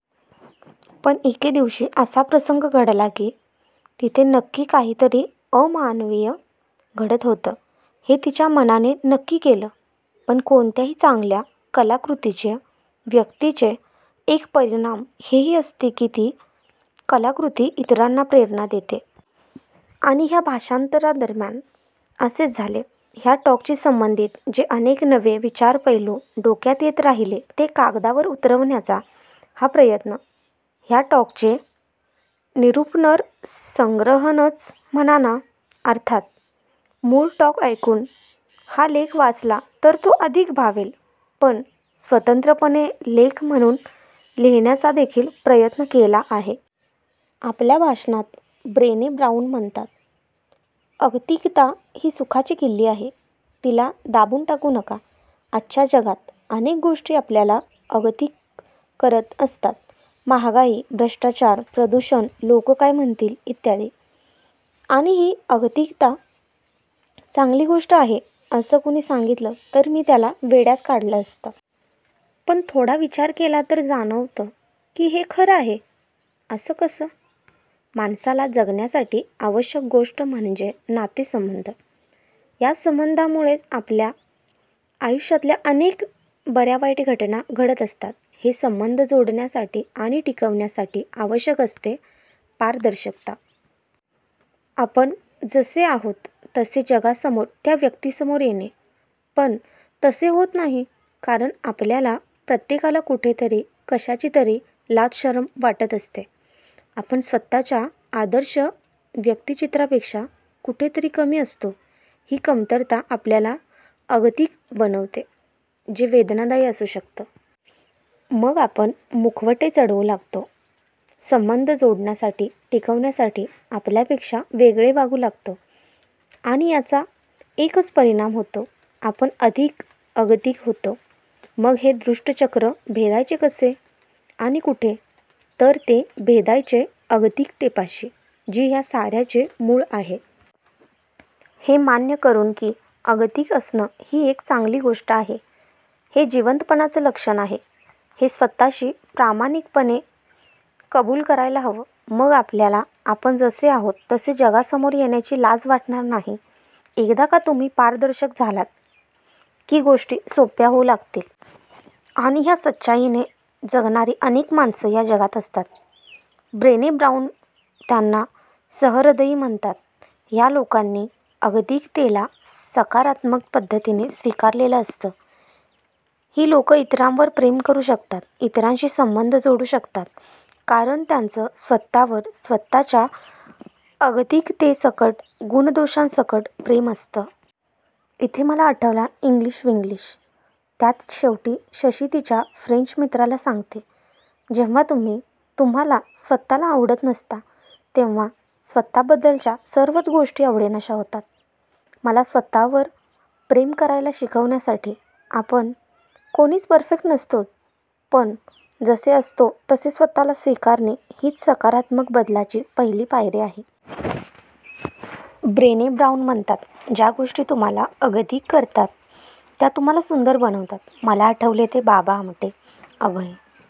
पण एके दिवशी असा प्रसंग घडला कि तिथे नक्की काहीतरी अमानवीय घडत होतं हे तिच्या मनाने नक्की केलं. पण कोणत्याही चांगल्या कलाकृतीचे िव्यक्तीचे एक परिमाण हेही असते की ती कलाकृती इतरांना प्रेरणा देते. आणि ह्या भाषांतरादरम्यान असेच झाले. ह्या टॉकशी संबंधित जे अनेक नवे विचारपैलू डोक्यात येत राहिले ते कागदावर उतरवण्याचा हा प्रयत्न. ह्या टॉकचे निरुपणरसग्रहणच म्हणा ना. अर्थात मूळ टॉक ऐकून हा लेख वाचला तर तो अधिक भावेल पण स्वतंत्रपणे लेख म्हणून लिहिण्याचादेखील प्रयत्न केला आहे. आपल्या भाषणात ब्रेने ब्राऊन म्हणतात, अगतिकता ही सुखाची किल्ली आहे. तिला दाबून टाकू नका. आजच्या जगात अनेक गोष्टी आपल्याला अगतिक करत असतात. महागाई, भ्रष्टाचार, प्रदूषण, लोकं काय म्हणतील? ई. आणि ही अगतिकता चांगली गोष्ट आहे असं कुणी सांगितलं तर मी त्याला वेड्यात काढलं असतं. पण थोडा विचार केला तर जाणवतं की हे खरं आहे. असं कसं? माणसाला जगण्यासाठी आवश्यक गोष्ट म्हणजे नातेसंबंध. ह्या संबंधांमुळेच आपल्या आयुष्यातल्या अनेक बऱ्यावाईट घटना घडत असतात. हे संबंध जोडण्यासाठी आणि टिकवण्यासाठी आवश्यक असते पारदर्शकता. आपण जसे आहोत तसे जगासमोर त्या व्यक्तीसमोर येणे. पण तसे होत नाही. कारण आपल्याला प्रत्येकाला कुठेतरी, कशाचीतरी लाजशरम वाटत असते. आपण स्वतःच्या आदर्श व्यक्तिचित्रापेक्षा कुठेतरी कमी असतो. ही कमतरता आपल्याला अगतिक बनवते. जे वेदनादायी असू शकतं. मग आपण मुखवटे चढवू लागतो. संबंध जोडण्यासाठी िकवण्यासाठी आपल्यापेक्षा वेगळे वागू लागतो. आणि याचा एकच परिणाम होतो आपण अधिक अगतिक होतो! मग हे दुष्टचक्र भेदायचे कसे? आणि कुठे? तर ते भेदायचे अगतिकतेपाशी. जी ह्या साऱ्याचे मूळ आहे. हे मान्य करून की अगतिक असणं ही एक चांगली गोष्ट आहे. हे जिवंतपणाचं लक्षण आहे. हे स्वतःशी प्रामाणिकपणे कबुल करायला हवं. मग आपल्याला आपण जसे आहोत तसे जगासमोर येण्याची लाज वाटणार नाही! एकदा का तुम्ही पारदर्शक झालात की गोष्टी सोप्या होऊ लागतील! आणि ह्या सच्चाईने जगणारी अनेक माणसं या जगात असतात. ब्रेने ब्राऊन त्यांना सहृदयी म्हणतात. ह्या लोकांनी अगतिकतेला सकारात्मक पद्धतीने स्वीकारलेलं असतं. ही लोकं इतरांवर प्रेम करू शकतात, इतरांशी संबंध जोडू शकतात कारण त्यांचं स्वतःवर स्वतःच्या अगतिकतेसकट, गुणदोषांसकट प्रेम असतं. इथे मला आठवला इंग्लिशविन्ग्लीश! त्यात शेवटी शशी तिच्या फ्रेंच मित्राला सांगते, जेव्हा तुम्ही तुम्हाला स्वतःला आवडत नसता तेव्हा स्वतःबद्दलच्या सर्वच गोष्टी आवडेनाश्या होतात., मला स्वतःवर प्रेम करायला शिकवण्यासाठी,! आपण कोणीच परफेक्ट नसतोच पण जसे असतो तसे स्वतःला स्वीकारणे हीच सकारात्मक बदलाची पहिली पायरी आहे. ब्रेने ब्राऊन म्हणतात, ज्या गोष्टी तुम्हाला अगतिक करतात त्या तुम्हाला सुंदर बनवतात. मला आठवले ते बाबा आमटे, अभय